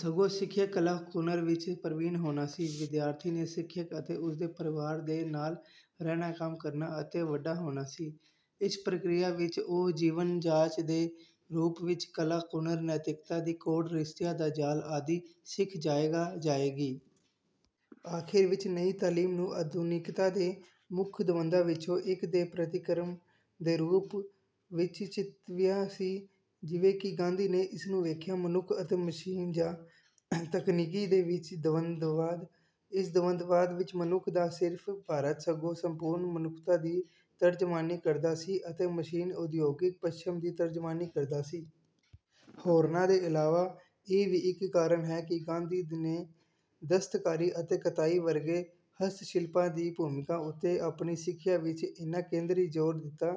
ਸਗੋਂ, ਸਿਖਿਅਕ ਕਲਾ ਕੁਨਰ ਵਿੱਚ ਪਰਵੀਨ ਹੋਣਾ ਸੀ। ਵਿਦਿਆਰਥੀ ਨੇ ਸਿਖਿਅਕ ਅਤੇ ਉਸਦੇ ਪਰਵਾਰ ਦੇ ਨਾਲ ਰਹਿਣਾ ਕੰਮ ਕਰਨਾ ਅਤੇ ਵੱਡਾ ਹੋਣਾ ਸੀ। ਇਸ ਪ੍ਰਕਿਰਿਆ ਵਿੱਚ ਉਹ ਜੀਵਨ ਜਾਚ ਦੇ ਰੂਪ ਵਿੱਚ ਕਲਾ ਕੁਨਰ ਨੈਤਿਕਤਾ ਦੇ ਕੋਡ ਰਿਸ਼ਤਿਆਂ ਦਾ ਜਾਲ ਆਦਿ ਸਿੱਖ ਜਾਏਗਾ ਜਾਏਗੀ। ਆਖਿਰ ਵਿੱਚ ਨਈ ਤਾਲੀਮ ਨੂੰ ਆਧੁਨਿਕਤਾ ਦੇ ਮੁੱਖ ਦਵੰਦਾਂ ਵਿੱਚੋਂ ਇੱਕ ਦੇ ਪ੍ਰਤੀਕਰਮ ਦੇ ਰੂਪ ਵਿੱਚ ਚਿਤਵਿਆ ਸੀ ਜਿਵੇਂ ਕਿ ਗਾਂਧੀ ਨੇ ਇਸਨੂੰ ਵੇਖਿਆ ਮਨੁੱਖ ਅਤੇ ਮਸ਼ੀਨ ਜਾਂ ਤਕਨੀਕੀ ਦੇ ਵਿੱਚ ਦਵੰਦਵਾਦ। ਇਸ ਦਵੰਦਵਾਦ ਵਿੱਚ ਮਨੁੱਖ ਨਾ ਸਿਰਫ ਭਾਰਤ ਸਗੋਂ ਸੰਪੂਰਨ ਮਨੁੱਖਤਾ ਦੀ ਤਰਜਮਾਨੀ ਕਰਦਾ ਸੀ ਅਤੇ ਮਸ਼ੀਨ ਉਦਯੋਗਿਕ ਪੱਛਮ ਦੀ ਤਰਜਮਾਨੀ ਕਰਦੀ ਸੀ। ਹੋਰਨਾਂ ਦੇ ਇਲਾਵਾ ਇਹ ਵੀ ਇੱਕ ਕਾਰਨ ਹੈ ਕਿ ਗਾਂਧੀ ਨੇ ਦਸਤਕਾਰੀ ਅਤੇ ਕਤਾਈ ਵਰਗੇ ਹਸਤਸ਼ਿਲਪਾਂ ਦੀ ਭੂਮਿਕਾ ਉੱਤੇ ਆਪਣੀ ਸਿੱਖਿਆ ਵਿੱਚ ਏਨਾ ਕੇਂਦਰੀ ਜ਼ੋਰ ਦਿੱਤਾ।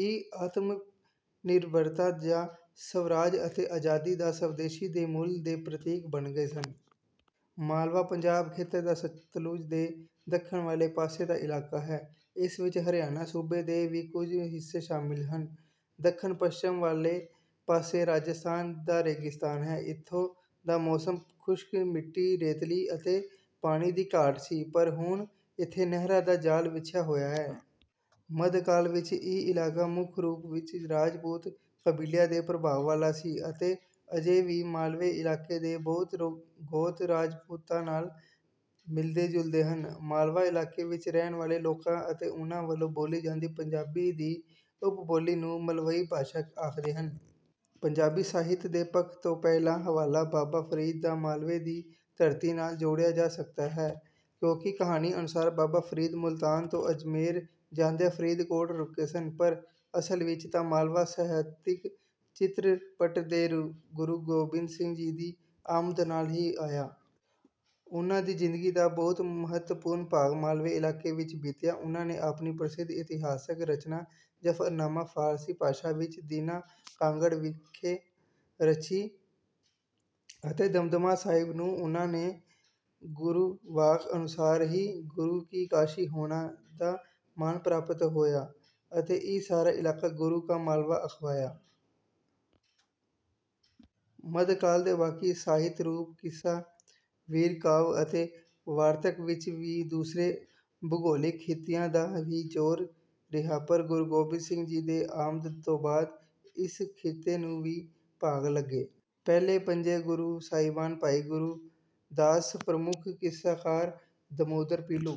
ਇਹ ਆਤਮਨਿਰਭਰਤਾ ਜਾਂ ਸਵਰਾਜ ਅਤੇ ਆਜ਼ਾਦੀ ਜਾਂ ਸਵਦੇਸ਼ੀ ਦੇ ਮੁੱਲਾਂ ਦੇ ਪ੍ਰਤੀਕ ਬਣ ਗਏ ਸਨ। ਮਾਲਵਾ ਪੰਜਾਬ ਖੇਤਰ ਦਾ ਸਤਲੁਜ ਦੇ ਦੱਖਣ ਵਾਲੇ ਪਾਸੇ ਦਾ ਇਲਾਕਾ ਹੈ। ਇਸ ਵਿੱਚ ਹਰਿਆਣਾ ਸੂਬੇ ਦੇ ਵੀ ਕੁਝ ਹਿੱਸੇ ਸ਼ਾਮਲ ਹਨ। ਦੱਖਣ ਪੱਛਮ ਵਾਲੇ ਪਾਸੇ ਰਾਜਸਥਾਨ ਦਾ ਰੇਗਿਸਤਾਨ ਹੈ। ਇੱਥੋਂ ਦਾ ਮੌਸਮ ਖੁਸ਼ਕ ਮਿੱਟੀ ਰੇਤਲੀ ਅਤੇ ਪਾਣੀ ਦੀ ਘਾਟ ਸੀ ਪਰ ਹੁਣ ਇੱਥੇ ਨਹਿਰਾਂ ਦਾ ਜਾਲ ਵਿਛਿਆ ਹੋਇਆ ਹੈ। ਮੱਧਕਾਲ ਵਿੱਚ ਇਹ ਇਲਾਕਾ ਮੁੱਖ ਰੂਪ ਵਿੱਚ ਰਾਜਪੂਤ ਕਬੀਲਿਆਂ ਦੇ ਪ੍ਰਭਾਵ ਵਾਲਾ ਸੀ ਅਤੇ ਅਜੇ ਵੀ ਮਾਲਵੇ ਇਲਾਕੇ ਦੇ ਬਹੁਤੇ ਗੋਤ ਰਾਜਪੂਤਾਂ ਨਾਲ ਮਿਲਦੇ ਜੁਲਦੇ ਹਨ। ਮਾਲਵਾ ਇਲਾਕੇ ਵਿੱਚ ਰਹਿਣ ਵਾਲੇ ਲੋਕਾਂ ਅਤੇ ਓਹਨਾਂ ਵੱਲੋਂ ਬੋਲੀ ਜਾਂਦੀ ਪੰਜਾਬੀ ਦੀ ਉਪਬੋਲੀ ਨੂੰ ਮਲਵਈ ਭਾਸ਼ਾ ਆਖਦੇ ਹਨ। ਪੰਜਾਬੀ ਸਾਹਿਤ ਦੇ ਪੱਖ ਤੋਂ ਪਹਿਲਾ ਹਵਾਲਾ ਬਾਬਾ ਫਰੀਦ ਦਾ ਮਾਲਵੇ ਦੀ ਧਰਤੀ ਨਾਲ ਜੋੜਿਆ ਜਾ ਸਕਦਾ ਹੈ। ਕਿਉਂਕਿ ਕਹਾਣੀ ਅਨੁਸਾਰ ਬਾਬਾ ਫਰੀਦ ਮੁਲਤਾਨ ਤੋਂ ਅਜਮੇਰ ਜਾਂਦਿਆਂ ਫਰੀਦਕੋਟ ਰੁਕੇ ਸਨ ਪਰ ਅਸਲ ਵਿੱਚ ਤਾਂ ਮਾਲਵਾ ਸਾਹਿਤਕ ਚਿੱਤਰਪੱਟ ਤੇ ਗੁਰੂ ਗੋਬਿੰਦ ਸਿੰਘ ਜੀ ਦੀ ਆਮਦ ਨਾਲ ਹੀ ਆਇਆ। ਉਨ੍ਹਾਂ ਦੀ ਜ਼ਿੰਦਗੀ ਦਾ ਬਹੁਤ ਮਹੱਤਵਪੂਰਨ ਭਾਗ ਮਾਲਵੇ ਇਲਾਕੇ ਵਿੱਚ ਬੀਤਿਆ। ਉਨ੍ਹਾਂ ਨੇ ਆਪਣੀ ਪ੍ਰਸਿੱਧ ਇਤਿਹਾਸਕ ਰਚਨਾ ਜ਼ਫਰਨਾਮਾ ਫਾਰਸੀ ਭਾਸ਼ਾ ਵਿੱਚ ਦੀਨਾ ਕਾਂਗੜ ਵਿਖੇ ਰਚੀ ਅਤੇ ਦਮਦਮਾ ਸਾਹਿਬ ਨੂੰ ਉਨ੍ਹਾਂ ਦੇ ਗੁਰਵਾਕ ਅਨੁਸਾਰ ਹੀ ਗੁਰੂ ਕੀ ਕਾਸ਼ੀ ਹੋਣ ਦਾ ਮਾਣ ਪ੍ਰਾਪਤ ਹੋਇਆ ਅਤੇ ਇਹ ਸਾਰਾ ਇਲਾਕਾ ਗੁਰੂ ਕਾ ਮਾਲਵਾ ਅਖਵਾਇਆ। ਮੱਧਕਾਲ ਦੇ ਬਾਕੀ ਸਾਹਿਤ ਰੂਪ ਕਿੱਸਾ ਵੀਰ ਕਾਵਿ ਅਤੇ ਵਾਰਤਕ ਵਿੱਚ ਵੀ ਦੂਸਰੇ ਭੂਗੋਲਿਕ ਖਿੱਤਿਆਂ ਦਾ ਹੀ ਜ਼ੋਰ ਰਿਹਾ ਪਰ ਗੁਰੂ ਗੋਬਿੰਦ ਸਿੰਘ ਜੀ ਦੇ ਆਮਦ ਤੋਂ ਬਾਅਦ ਇਸ ਖਿੱਤੇ ਨੂੰ ਵੀ ਭਾਗ ਲੱਗੇ। ਪਹਿਲੇ ਪੰਜੇ ਗੁਰੂ ਸਾਹਿਬਾਨ ਭਾਈ ਗੁਰਦਾਸ ਪ੍ਰਮੁੱਖ ਕਿੱਸਾਕਾਰ ਦਮੋਦਰ ਪੀਲੂ